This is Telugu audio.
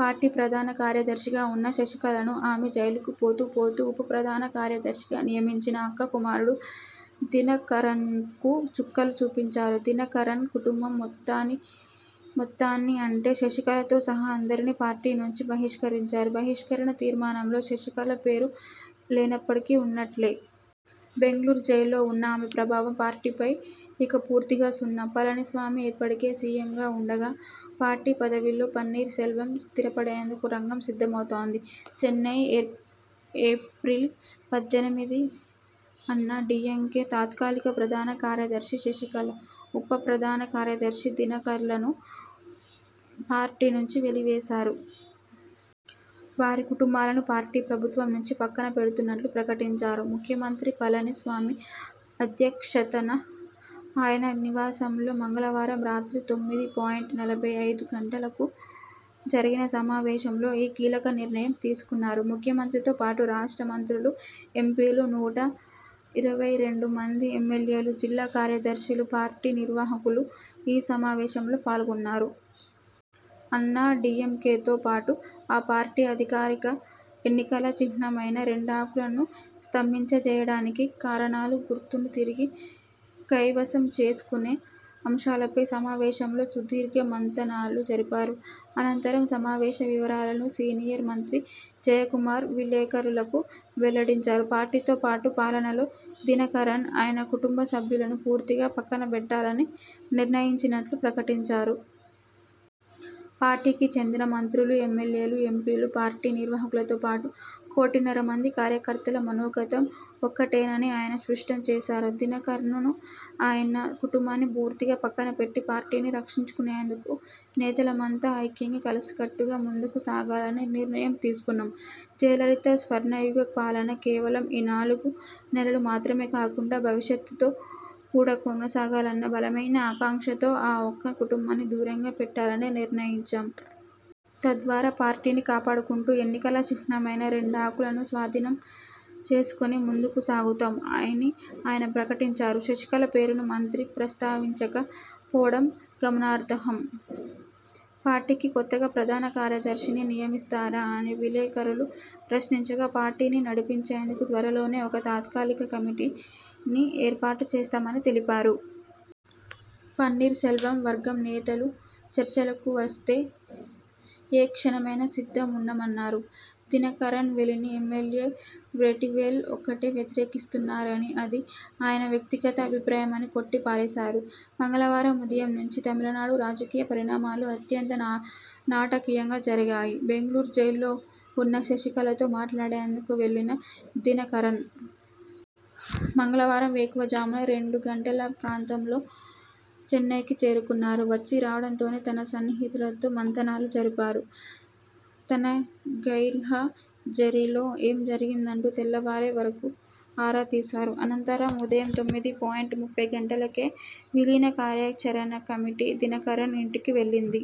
పార్టీ ప్రధాన కార్యదర్శిగా ఉన్న శశికళను, ఆమె జైలుకు పోతూ పోతూ ఉప ప్రధాన కార్యదర్శిగా నియమించిన 'అక్క కుమారుడు' దినకరన్కూ చుక్కలు చూపించారు. దినకరన్ కుటుంబం మొత్తాని మొత్తాన్నిఅంటే శశికళతో సహా అందరినీ పార్టీ నుంచి బహిష్కరించారు. బహిష్కరణ తీర్మానంలో శశికళ పేరు లేనప్పటికీ ఉన్నట్లే! బెంగళూరు జైలులో ఉన్న ఆమె ప్రభావం పార్టీపై ఇక పూర్తిగా సున్నా! పళనిస్వామి ఇప్పటికే సీఎంగా ఉండగా పార్టీ పదవిలో పన్నీర్ సెల్వం స్థిరపడేందుకు రంగం సిద్ధమవుతోంది. చెన్నై, ఏ ఏప్రిల్ పద్దెనిమిది అన్నా డీఎంకే తాత్కాలిక ప్రధాన కార్యదర్శి శశికళ, ఉప ప్రధాన కార్యదర్శి దినకరన్లను పార్టీ నుంచి వెలి వేశారు. వారి కుటుంబాలను పార్టీ, ప్రభుత్వం నుంచి పక్కన పెడుతున్నట్లు ప్రకటించారు. ముఖ్యమంత్రి పళని స్వామి అధ్యక్షతన ఆయన నివాసంలో మంగళవారం రాత్రి తొమ్మిది పాయింట్ నలభై ఐదు గంటలకు జరిగిన సమావేశంలో ఈ కీలక నిర్ణయం తీసుకున్నారు. ముఖ్యమంత్రితో పాటు రాష్ట్ర మంత్రులు, ఎంపీలు, నూట ఇరవై రెండు మంది ఎమ్మెల్యేలు, జిల్లా కార్యదర్శులు, పార్టీ నిర్వాహకులు ఈ సమావేశంలో పాల్గొన్నారు. అన్నా డీఎంకేతో పాటు ఆ పార్టీ అధికారిక ఎన్నికల చిహ్నమైన రెండాకులను స్తంభింపజేయడానికి కారణాలు, గుర్తును తిరిగి కైవసం చేసుకునే అంశాలపై సమావేశంలో సుదీర్ఘ మంతనాలు జరిపారు. అనంతరం సమావేశ వివరాలను సీనియర్ మంత్రి జయకుమార్ విలేకరులకు వెల్లడించారు. పార్టీతో పాటు పాలనలో దినకరన్, ఆయన కుటుంబ సభ్యులను పూర్తిగా పక్కనబెట్టాలని నిర్ణయించినట్లు ప్రకటించారు. పార్టీకి చెందిన మంత్రులు, ఎమ్మెల్యేలు, ఎంపీలు, పార్టీ నిర్వాహకులతోపాటు కోటిన్నర మంది కార్యకర్తల మనోగతం ఒక్కటేనని ఆయన స్పష్టం చేశారు. ''దినకరన్ను, ఆయన కుటుంబాన్ని పూర్తిగా పక్కనబెట్టి పార్టీని రక్షించుకునేందుకు నేతలమంతా ఐక్యంగా కలిసికట్టుగా ముందుకు సాగాలని నిర్ణయం తీసుకున్నాం. జయలలిత స్వర్ణయుగ పాలన కేవలం ఈ నాలుగు నెలలు మాత్రమే కాకుండా, భవిష్యత్లో కూడా కొనసాగాలన్న బలమైన ఆకాంక్షతో ఆ ఒక్క కుటుంబాన్ని దూరంగా పెట్టాలని నిర్ణయించాం. తద్వారా పార్టీని కాపాడుకుంటూ ఎన్నికల చిహ్నమైన రెండాకులను స్వాధీనం చేసుకుని ముందుకు సాగుతాం'' అని ఆయన ప్రకటించారు. శశికళ పేరును మంత్రి ప్రస్తావించక పోవడం గమనార్దహం. పార్టీకి కొత్తగా ప్రధాన కార్యదర్శిని నియమిస్తారా అని విలేకరులు ప్రశ్నించగా.. పార్టీని నడిపించేందుకు త్వరలోనే ఒక తాత్కాలిక కమిటీని ఏర్పాటు చేస్తామని తెలిపారు. పన్నీర్ సెల్వం వర్గం నేతలు చర్చలకు వస్తే ఏ క్షణమైనా సిద్ధం ఉన్నామన్నారు. దినకరన్ వెలిని ఎమ్మెల్యే వెట్రివేల్ ఒక్కరే వ్యతిరేకిస్తున్నారని, అది ఆయన వ్యక్తిగత అభిప్రాయమని కొట్టి పారేశారు. మంగళవారం ఉదయం నుంచీ తమిళనాట రాజకీయ పరిణామాలు అత్యంత నాటకీయంగా జరిగాయి. బెంగళూరు జైల్లో ఉన్న శశికళతో మాట్లాడేందుకు వెళ్లిన దినకరన్.. మంగళవారం వేకువ జామున రెండు గంటల ప్రాంతంలో చెన్నైకి చేరుకున్నారు. వచ్చీ రావడంతోనే తన సన్నిహితులతో మంతనాలు జరిపారు. తన గైర్హా జరీలో ఏం జరిగిందంటూ తెల్లవారే వరకూ ఆరా తీశారు. అనంతరం ఉదయం తొమ్మిది పాయింట్ ముప్పై గంటలకే విలీన కార్యాచరణ కమిటీ దినకరన్ ఇంటికి వెళ్లింది.